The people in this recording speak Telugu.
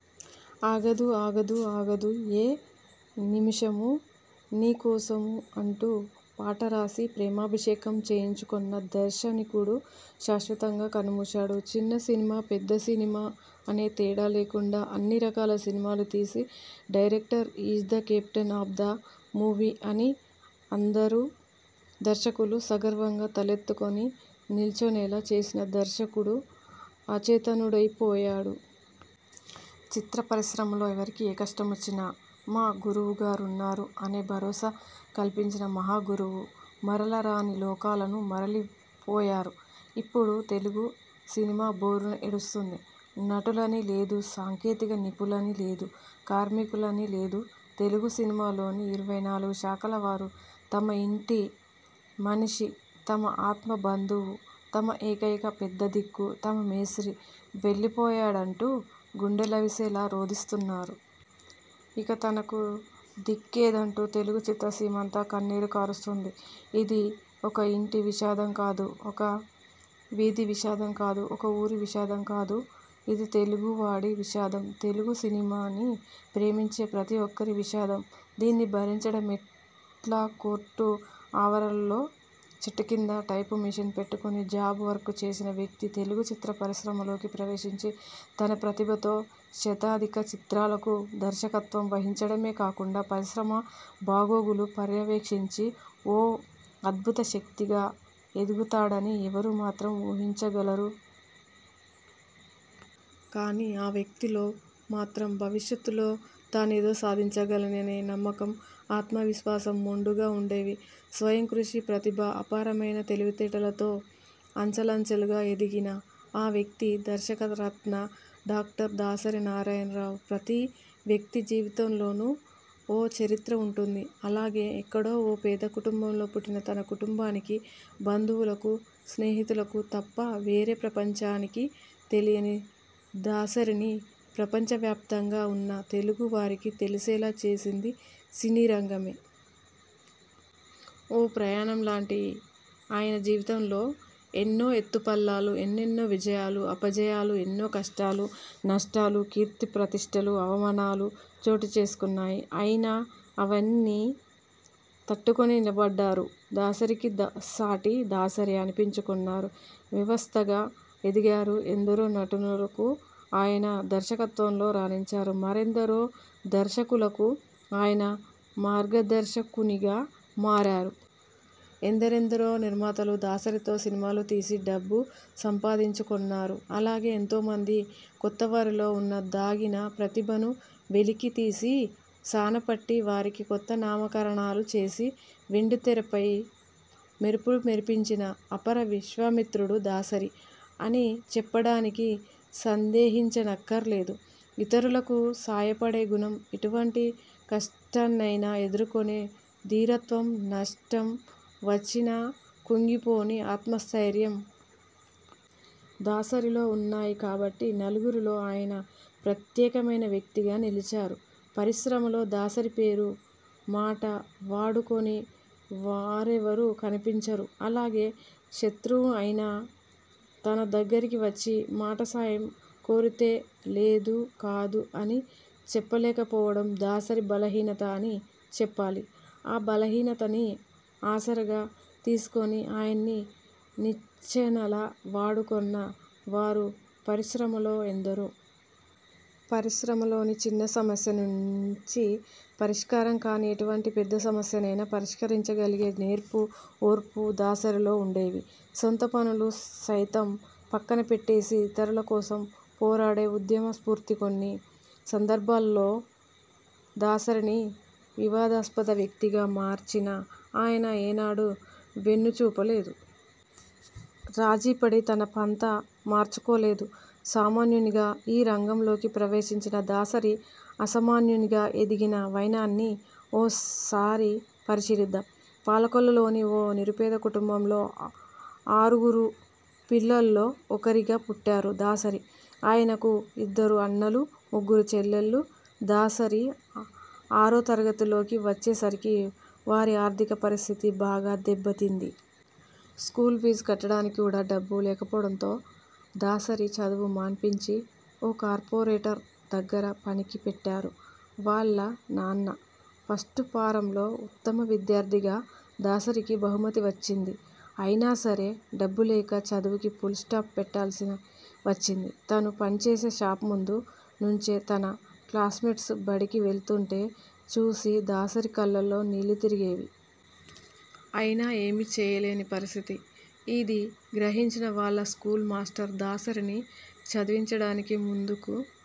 ఆగదు.. ఆగదు.. ఆగదు ఏ నిమిషము నీ కోసమూ.. ' అంటూ పాట రాసి, 'ప్రేమాభిషేకం' చేయించుకొన్న దార్శనికుడు శాశ్వతంగా కన్నుమూశాడు. చిన్న సినిమా, పెద్ద సినిమా అనే తేడా లేకుండా అన్ని రకాల సినిమాలూ తీసి, 'director is the captain of the movie' అని అందరు దర్శకులూ సగర్వంగా తలెత్తుకొని నిల్చొనేలా చేసిన దిగ్దర్శకుడు అచేతనుడైపోయాడు. చిత్ర పరిశ్రమలో ఎవరికి ఏ కష్టమొచ్చినా 'మా గురువుగారున్నారు' అనే భరోసా కల్పించిన మహాగురువు మరల రాని లోకాలను మరలిపోయాడు. ఇప్పుడు తెలుగు సినిమా భోరున ఏడుస్తోంది. నటులని లేదు, సాంకేతిక నిపుణులని లేదు, కార్మికులని లేదు.. తెలుగు సినిమాలోని ఇరవై నాలుగు శాఖల వారూ తమ ఇంటి మనిషి, తమ ఆత్మబంధువు, తమ ఏకైక పెద్ద దిక్కు, తమ 'మేస్త్రీ' వెళ్లిపోయాడంటూ గుండెలవిసేలా రోదిస్తున్నారు. ఇక తనకు దిక్కేదంటూ తెలుగు చిత్రసీమంతా కన్నీరు కారుస్తోంది. ఇది ఒక ఇంటి విషాదం కాదు.. ఒక వీధి విషాదం కాదు.. ఒక ఊరి విషాదం కాదు.. ఇది తెలుగువాడి విషాదం. తెలుగు సినిమాని ప్రేమించే ప్రతి ఒక్కరి విషాదం.. దీన్ని భరించడమెట్లాకోర్టు ఆవరణలో చెట్టు కింద టైప్ మిషన్ పెట్టుకొని జాబ్ వర్క్ చేసిన వ్యక్తి తెలుగు చిత్రపరిశ్రమలోకి ప్రవేశించి తన ప్రతిభతో శతాధిక చిత్రాలకు దర్శకత్వం వహించడమే కాకుండా పరిశ్రమ బాగోగులు పర్యవేక్షించే ఓ అద్భుత శక్తిగా ఎదుగుతాడని ఎవరు మాత్రం ఊహించగలరు? కానీ ఆ వ్యక్తిలో మాత్రం భవిష్యత్తులో తానేదో సాధించగలననే నమ్మకం, ఆత్మవిశ్వాసం మెండుగా ఉండేవి. స్వయంకృషి, ప్రతిభ, అపారమైన తెలివితేటలతో అంచలంచెలుగా ఎదిగిన ఆ వ్యక్తి దర్శకరత్న డాక్టర్ దాసరి నారాయణరావు. ప్రతి వ్యక్తి జీవితంలోనూ ఓ చరిత్ర ఉంటుంది. అలాగే ఎక్కడో ఓ పేద కుటుంబంలో పుట్టి తన కుటుంబానికీ, బంధువులకు, స్నేహితులకు తప్ప వేరే ప్రపంచానికి తెలియని దాసరిని ప్రపంచవ్యాప్తంగా ఉన్న తెలుగు వారికి తెలిసేలా చేసింది సినీరంగమే. ఓ ప్రయాణంలాంటి ఆయన జీవితంలో ఎన్నో ఎత్తుపల్లాలు, ఎన్నెన్నో విజయాలు, అపజయాలు, ఎన్నో కష్టాలు, నష్టాలు, కీర్తిప్రతిష్టలు, అవమానాలు చోటుచేసుకొన్నాయి. అయినా అవన్నీ తట్టుకొని నిలబడ్డారు. దాసరికి సాటి దాసరే అనిపించుకొన్నారు. వ్యవస్థగా ఎదిగారు. ఎందరో నటీనటులు ఆయన దర్శకత్వంలో రాణించారు. మరెందరో దర్శకులకు ఆయన మార్గధర్శకునిగా మారారు. ఎందరెందరో నిర్మాతలు దాసరితో సినిమాలు తీసి డబ్బు సంపాదించుకొన్నారు. అలాగే ఎంతోమంది కొత్తవారిలో ఉన్న దాగిన ప్రతిభను వెలికి తీసి, సాన పట్టి వారికి కొత్త నామకరణాలు చేసి, వెండితెరపై మెరుపులు మెరిపించిన అపర విశ్వామిత్రుడు దాసరి అని చెప్పడానికి సందేహించనక్కర్లేదు. ఇతరులకు సాయపడే గుణం, ఎటువంటి కష్టాన్నయినా ఎదుర్కొనే ధీరత్వం, నష్టం వచ్చిన కుంగిపోని ఆత్మస్థైర్యం.. దాసరిలో ఉన్నాయి కాబట్టే నలుగురిలో ఆయన ప్రత్యేకమైన వ్యక్తిగా నిలిచారు. పరిశ్రమలో దాసరి పేరు, మాట వాడుకోని వారెవరూ కనిపించరు. అలాగే శత్రువు అయినా తన దగ్గరికి వచ్చి మాట సాయం కోరితే 'లేదు.. కాదు' అని చెప్పలేకపోవడం దాసరి బలహీనత అని చెప్పాలి. ఆ బలహీనతని ఆసరాగా తీసుకొని ఆయన్ని నిచ్చెనలా వాడుకొన్న వారు పరిశ్రమలో ఎందరో! పరిశ్రమలోని చిన్న సమస్య నుంచి పరిష్కారం కానీ ఎటువంటి పెద్ద సమస్యనైనా పరిష్కరించగలిగే నేర్పు, ఓర్పు దాసరిలో ఉండేవి. సొంత పనులు సైతం పక్కన పెట్టేసి ఇతరుల కోసం పోరాడే ఉద్యమస్పూర్తి కొన్ని సందర్భాల్లో దాసరిని వివాదాస్పద వ్యక్తిగా మార్చినా ఆయన ఏనాడూ వెన్ను చూపలేదు. రాజీపడి తన పంథా మార్చుకోలేదు. సామాన్యునిగా ఈ రంగంలోకి ప్రవేశించిన దాసరి అసమాన్యునిగా ఎదిగిన వైనాన్ని ఓ సారి పరిశీలిద్దాం. పాలకొల్లులోని ఓ నిరుపేద కుటుంబంలో ఆరుగురు పిల్లల్లో ఒకరిగా పుట్టారు దాసరి. ఆయనకు ఇద్దరు అన్నలు, ముగ్గురు చెల్లెళ్లు. దాసరి ఆరో తరగతిలోకి వచ్చేసరికి వారి ఆర్థిక పరిస్థితి బాగా దెబ్బతింది. స్కూల్ ఫీజు కట్టడానికి కూడా డబ్బు లేకపోవడంతో దాసరి చదువు మాన్పించి ఓ కార్పెంటర్ దగ్గర పనికి పెట్టారు వాళ్ల నాన్న. ఫస్ట్ ఫారం లో ఉత్తమ విద్యార్థిగా దాసరికి బహుమతి వచ్చింది. అయినాసరే డబ్బు లేక చదువుకి పుల్స్టాప్ పెట్టాల్సి వచ్చింది. తను పనిచేసే షాపు ముందు నుంచే తన క్లాస్మేట్స్ బడికి వెళుతుంటే చూసి దాసరి కళ్లలో నీళ్లు తిరిగేవి. అయినా ఏమీ చేయలేని పరిస్థితి. ఇది గ్రహించి వాళ్ల స్కూల్ మాస్టర్ దాసరిని చదివించడానికి ముందుకు